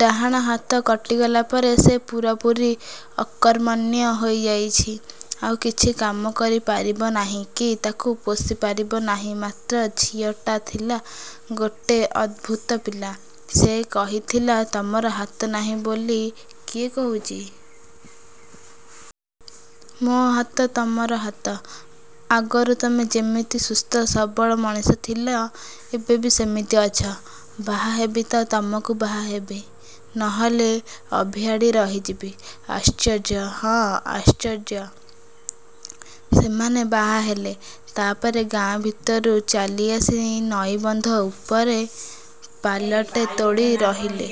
ଡାହାଣ ହାତ କଟିଗଲା ପରେ ସେ ପୂରାପୂରି ଅକର୍ମଣ୍ୟ ହୋଇଆଇଛି, ଆଉ କିଛି କାମ କରି ପାରିବ ନାହିଁ କି ତାକୁ ପୋଷି ପାରିବ ନାହିଁ। ମାତ୍ର ଝିଅଟା ଥିଲା ଗୋଟେ ଅଦ୍ଭୁତ ପିଲା। ସେ କହିଥିଲା, "ତମର ହାତ ନାହିଁ ବୋଲି କିଏ କହୁଛି? ମୋ ହାତ ତମର ହାତ। ଆଗରୁ ତମେ ଯେମିତି ସୁସ୍ଥ-ସବଳ ମଣିଷ ଥିଲ, ଏବେ ବି ସେମିତି ଅଛ। ବାହା ହେବି ତ ତମକୁ ବାହା ହେବି, ନ ହେଲେ ଅଭିଆଡ଼ୀ ରହିଯିବି।" ଆଶ୍ଚର୍ଯ୍ୟ! ହଁ, ଆଶ୍ଚର୍ଯ୍ୟ! ସେମାନେ ବାହା ହେଲେ। ତା' ପରେ ଗାଁ ଭିତରୁ ଚାଲି ଆସି ନଈବନ୍ଧ ଉପରେ ପାଲାଟେ ତୋଳି ରହିଲେ।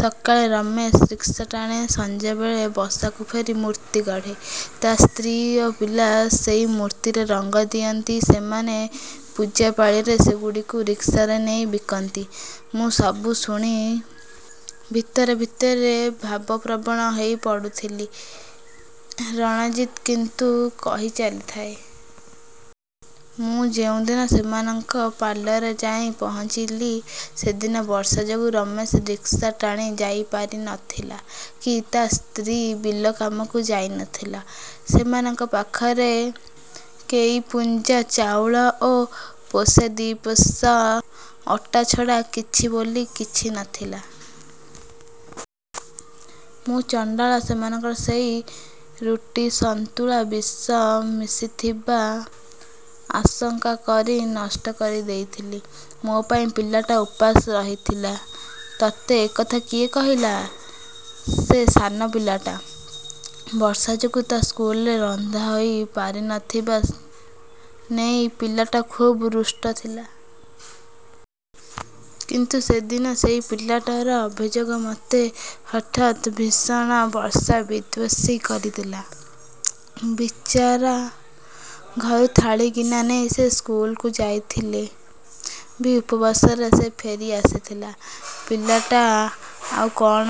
ସକାଳେ ରମେଶ ରିକ୍ସା ଟାଣେ, ସଞ୍ଜବେଳେ ବସାକୁ ଫେରି ମୂର୍ତ୍ତି ଗଢ଼େ। ତା' ସ୍ତ୍ରୀ ଓ ପିଲା ସେଇ ମୂର୍ତ୍ତିରେ ରଙ୍ଗ ଦିଅନ୍ତି। ସେମାନେ ପୂଜାପାଳିରେ ସେଗୁଡ଼ିକୁ ରିକ୍ସାରେ ନେଇ ବିକନ୍ତି। ମୁଁ ସବୁ ଶୁଣି ଭିତରେ ଭିତରେ ଭାବପ୍ରବଣ ହୋଇ ପଡ଼ୁଥିଲି। ରଣଜିତ୍ କିନ୍ତୁ କହି ଚାଲିଥାଏ। "ମୁଁ ଯୋଉଦିନ ସେମାନଙ୍କ ପାଲାରେ ଯାଇ ପହଞ୍ଚିଲି, ସେଦିନ ବର୍ଷା ଯୋଗୁ ରମେଶ ରିକ୍ସା ଟାଣି ଯାଇ ପାରି ନଥିଲା କି ତା' ସ୍ତ୍ରୀ ବିଲ କାମକୁ ଯାଇ ନଥିଲା। ସେମାନଙ୍କ ପାଖରେ କେଇ ପୁଞ୍ଜା ଚାଉଳ ଓ ପୋଷେ ଦି' ପୋଷ ଅଟା ଛଡ଼ା କିଛି ବୋଲି କିଛି ନ ଥିଲା। ମୁଁ ଚଣ୍ଡାଳ ସେମାନଙ୍କ ସେଇ ରୁଟି ସନ୍ତୁଳା ବିଷ ମିଶିଥିବା ଆଶଙ୍କା କରି ନଷ୍ଟ କରି ଦେଇଥିଲି। ମୋ ପାଇଁ ପିଲାଟା ଉପାସ ରହିଥିଲା।" ତୋତେ ଏକଥା କିଏ କହିଲା? ସେ ସାନ ପିଲାଟା। ବର୍ଷା ଯୋଗୁଁ ତା' ସ୍କୁଲରେ ରନ୍ଧା ହୋଇ ପାରି ନ ଥିବା ନେଇ ପିଲାଟା ଖୁବ୍ ରୁଷ୍ଟ ଥିଲା। କିନ୍ତୁ ସେଦିନ ସେଇ ପିଲାଟାର ଅଭିଯୋଗ ମୋତେ ହଠାତ୍ ଭୀଷଣ ବର୍ଷା-ବିଦ୍ୱେଷୀ କରିଦେଲା। ବିଚାରା, ଘରୁ ଥାଳି ଗିନା ନେଇ ସେ ସ୍କୁଲକୁ ଯାଇଥିଲେ ବି ଉପାସରେ ସେ ଫେରି ଆସିଥିଲା। ପିଲାଟା ଆଉ କ'ଣ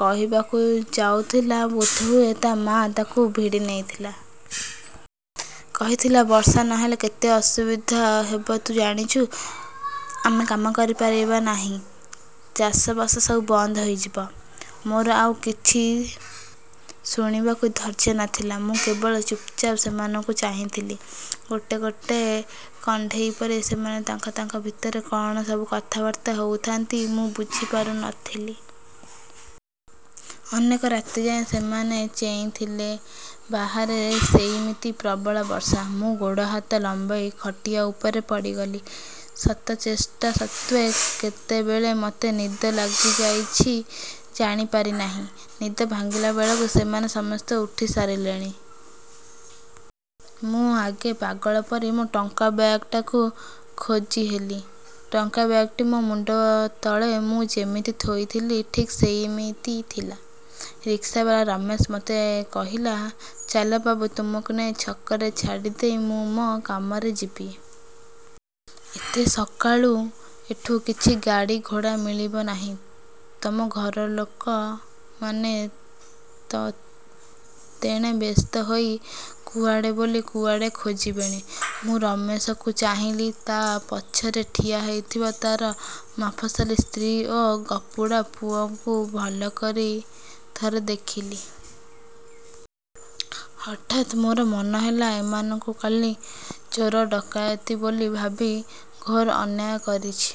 କହିବାକୁ ଯାଉଥିଲା ବୋଧହୁଏ ତା' ମାଆ ତାକୁ ଭିଡ଼ି ନେଇଥିଲା। କହିଥିଲା, "ବର୍ଷା ନହେଲେ କେତେ ଅସୁବିଧା ହେବ ତୁ ଜାଣିଛୁ? ଆମେ କାମ କରି ପାରିବା ନାହିଁ। ଚାଷବାସ ସବୁ ବନ୍ଦ ହୋଇଯିବ " ମୋର ଆଉ କିଛି ଶୁଣିବାକୁ ଧୈର୍ଯ୍ୟ ନଥିଲା। ମୁଁ କେବଳ ଚୁପ୍‌ଚାପ୍ ସେମାନଙ୍କୁ ଚାହିଁଥିଲି। ଗୋଟେ ଗୋଟେ କଣ୍ଢେଇ ପରି ସେମାନେ ତାଙ୍କ ତାଙ୍କ ଭିତରେ କ'ଣ ସବୁ କଥାବାର୍ତ୍ତା ହେଉଥାନ୍ତି, ମୁଁ ବୁଝି ପାରୁ ନଥିଲି। ଅନେକ ରାତି ଯାଏ ସେମାନେ ଚେଇଁଥିଲେ। ବାହାରେ ସେଇମିତି ପ୍ରବଳ ବର୍ଷା। ମୁଁ ଗୋଡ଼ ହାତ ଲମ୍ବାଇ ଖଟିଆ ଉପରେ ପଡ଼ିଗଲି। ଶତ ଚେଷ୍ଟା ସତ୍ତ୍ୱେ କେତେବେଳେ ମୋତେ ନିଦ ଲାଗିଯାଇଛି ଜାଣି ପାରି ନାହିଁ। ନିଦ ଭାଙ୍ଗିଲା ବେଳକୁ ସେମାନେ ସମସ୍ତେ ଉଠି ସାରିଲେଣି। ମୁଁ ଆଗେ ପାଗଳ ପରି ମୋ ଟଙ୍କା ବ୍ୟାଗ୍‌ଟାକୁ ଖୋଜିହେଲି। ଟଙ୍କା ବ୍ୟାଗ୍‌ଟି ମୋ ମୁଣ୍ଡ ତଳେ ମୁଁ ଯେମିତି ଥୋଇଥିଲି ଠିକ୍ ସେମିତି ଥିଲା। ରିକ୍ସାବାଲା ରମେଶ ମୋତେ କହିଲା, "ଚାଲ ବାବୁ, ତୁମକୁ ନେଇ ଛକରେ ଛାଡ଼ି ଦେଇ ମୁଁ ମୋ କାମରେ ଯିବି। ଏତେ ସକାଳୁ ଏଠୁ କିଛି ଗାଡ଼ି ଘୋଡ଼ା ମିଳିବ ନାହିଁ। ତମ ଘର ଲୋକମାନେ ତ ତେଣେ ବ୍ୟସ୍ତ ହୋଇ କୁଆଡ଼େ ବୋଲି କୁଆଡ଼େ ଖୋଜିବେଣି!" ମୁଁ ରମେଶକୁ ଚାହିଁଲି। ତା' ପଛରେ ଠିଆ ହୋଇଥିବା ତା'ର ମଫସଲୀ ସ୍ତ୍ରୀ ଓ ଗପୁଡ଼ା ପୁଅକୁ ଭଲ କରି ଥରେ ଦେଖିଲି। ହଠାତ୍ ମୋର ମନ ହେଲା, ଏମାନଙ୍କୁ କାଲି ଚୋର ଡକାଇତି ବୋଲି ଭାବି ଘୋର ଅନ୍ୟାୟ କରିଛି।